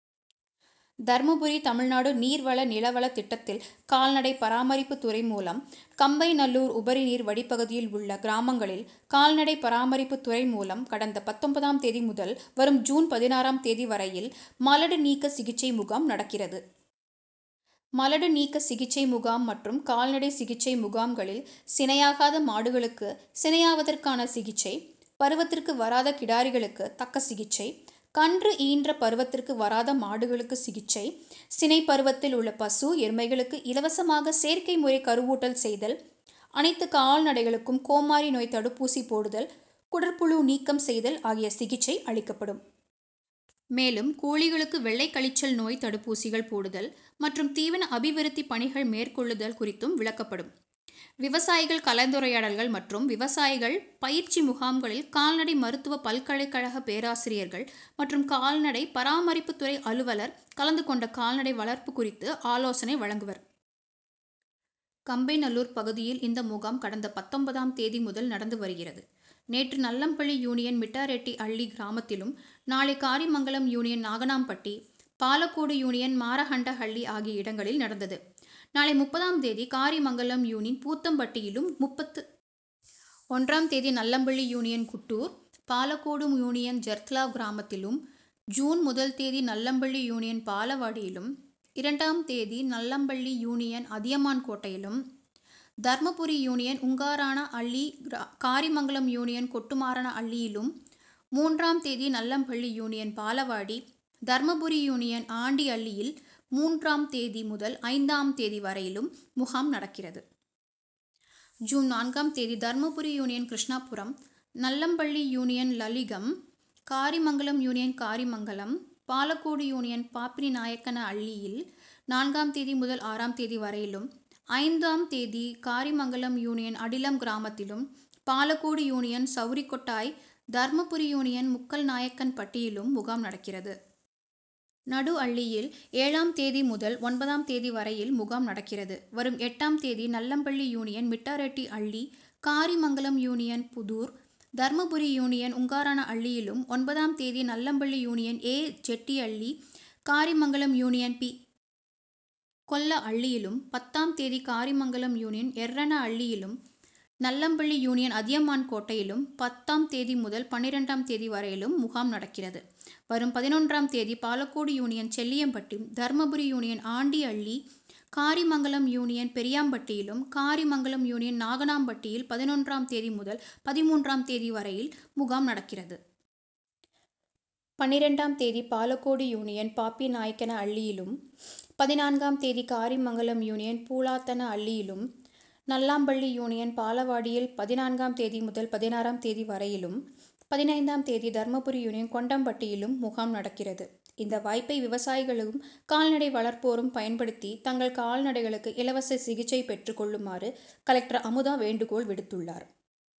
தர்மபுரி தமிழ்நாடு நீர்வள நிலவள திட்டத்தில் கால்நடை பராமரிப்பு துறை மூலம் கம்பைநல்லூர் உபநீர் வடிப்பகுதியில் உள்ள கிராமங்களில் கால்நடை பராமரிப்பு துறை மூலம் கடந்த பத்தொன்பதாம் தேதி முதல் வரும் ஜூன் பதினாறு ம் தேதி வரையில் மலடு நீக்க சிகிச்சை முகாம் நடக்கிறது. மலடு நீக்க சிகிச்சை முகாம் மற்றும் கால்நடை சிகிச்சை முகாம்களில் சினையாகாத மாடுகளுக்கு சினையாவதற்கான சிகிச்சை, பருவத்துக்கு வராத கிடாரிகளுக்கு தக்க சிகிச்சை, கன்று ஈன்று பருவத்திற்கு வராத மாடுகளுக்கு சிகிச்சை, சினை பருவத்தில் உள்ள பசு, எருமைகளுக்கு இலவசமாக செயற்கை முறை கருவூட்டல் செய்தல், அனைத்து கால்நடைகளுக்கும் கோமாரி நோய் தடுப்பூசி போடுதல், குடற்புழு நீக்கம் செய்தல் ஆகிய சிகிச்சை அளிக்கப்படும். மேலும் கோழிகளுக்கு வெள்ளை கழிச்சல் நோய் தடுப்பூசிகள் போடுதல் மற்றும் தீவன அபிவிருத்தி பணிகள் மேற்கொள்ளுதல் குறித்தும் விளக்கப்படும். விவசாயிகள் கலந்துரையாடல்கள் மற்றும் விவசாயிகள் பயிற்சி முகாம்களில் கால்நடை மருத்துவ பல்கலைக்கழக பேராசிரியர்கள் மற்றும் கால்நடை பராமரிப்புத்துறை அலுவலர் கலந்து கொண்டு கால்நடை வளர்ப்பு குறித்து ஆலோசனை வழங்குவர். கம்பைநல்லூர் பகுதியில் இந்த முகாம் கடந்த பத்தொன்பதாம் தேதி முதல் நடந்து வருகிறது. நேற்று நல்லம்பள்ளி யூனியன் மிட்டாரெட்டிஅள்ளி கிராமத்திலும், நாளை காரிமங்கலம் யூனியன் நாகனாம்பட்டி, பாலக்கோடு யூனியன் மாரண்டஹள்ளி ஆகிய இடங்களில் நடந்தது. நாளை முப்பது ம் தேதி காரிமங்கமல் யூனியன் பூத்தம்பட்டியிலும், முப்பத்து ஒன்றாம் தேதி நல்லம்பள்ளி யூனியன் குட்டூர், பாலக்கோடு யூனியன் ஜெர்தலாவ் கிராமத்திலும், ஜூன் முதல் தேதி நல்லம்பள்ளி யூனியன் பாலவாடியிலும், இரண்டாம் தேதி நல்லம்பள்ளி யூனியன் அதியமான்கோட்டையிலும், தர்மபுரி யூனியன் உங்கரானஅள்ளி, காரிமங்கலம் யூனியன் கொட்டுமாரனஅள்ளியிலும், மூன்றாம் தேதி நல்லம்பள்ளி யூனியன் பாலவாடி, தர்மபுரி யூனயன் ஆண்டிஅள்ளியில் மூன்றாம் தேதி முதல் ஐந்து ம் தேதி வரையிலும் முகாம் நடக்கிறது. ஜூன் நான்காம் தேதி Dharmapuri union Krishnapuram, Nallampalli union Laligam, Karimangalam union Karimangalam, Palacode union பாப்பிநாயக்கனஅள்ளியில் நான்காம் தேதி முதல் ஆராம் தேதி வரையிலும், ஐந்து ம் தேதி காரிமங்கலம் யூடயன் அடிலம் கிராமத்திலும், பாலக்கோடு யூனியன் சவுரிக்கொட்டாய், தர்மபுரி யூனியன் முக்கல்நாயக்கன்பட்டியிலும் முகாம் நடக்கிறது. நடுஅள்ளியில் ஏழாம் தேதி முதல் ஒன்பது ம் தேதி வரையில் முகாம் நடக்கிறது. வரும் எட்டு ம் தேதி Nallampalli union Mittareddihalli, Karimangalam union Puthur, Dharmapuri union உங்கரானஅள்ளியிலும், ஒன்பது ம் தேதி Nallampalli union A. Jettihalli, Karimangalam union B. கொல்லஅள்ளியிலும், பத்து ம் தேதி காரிமங்கலம் யூனியன் எர்ரனஅள்ளியிலும், நல்லம்பள்ளி யூனியன் அதியமான்கேட்டையில் பத்து ம் தேதி முதல் பன்னிரண்டு ம் தேதி வரையிலும் முகாம் நடக்கிறது. வரும் பதினொன்று ம தேதி Palacode union Chelliampatti, Dharmapuri union Andihalli, Karimangalam union பெரியாம்பட்டியிலும், காரிமங்கலம் யூனியன் நாகனம்பட்டியில் பதினொன்று ம் தேதி முதல் பதின்மூன்று ம் தேதி வரையில் முகாம் நடக்கிறது. பன்னிரண்டு ம் தேதி பாலக்கோடு யூனியன் பாப்பிநாயக்கனஅள்ளியிலும், பதினான்கு ம் தேதி காரிமங்கலம் யூனியன் பூளாத்தனஅள்ளியிலும், நல்லம்பள்ளி யூனியன் பாலவாடியில் பதினான்கு ம் தேதி முதல் பதினாறு ம் தேதி வரையிலம், பதினைந்து ம் தேதி தர்மபுரி யூனியன் கொண்டம்பட்டியிலும் முகாம் நடக்கிறது. இந்த வாய்ப்பை விவசாயிகளும் கால்நடை வளர்ப்போரும் பயன்படுத்தி தங்கள் கால்நடைகளுக்கு இலவச சிகிச்சை பெற்று கொள்ளுமாறு கலெக்டர் அமுதா வேண்டுகோள் விடுத்துள்ளார்.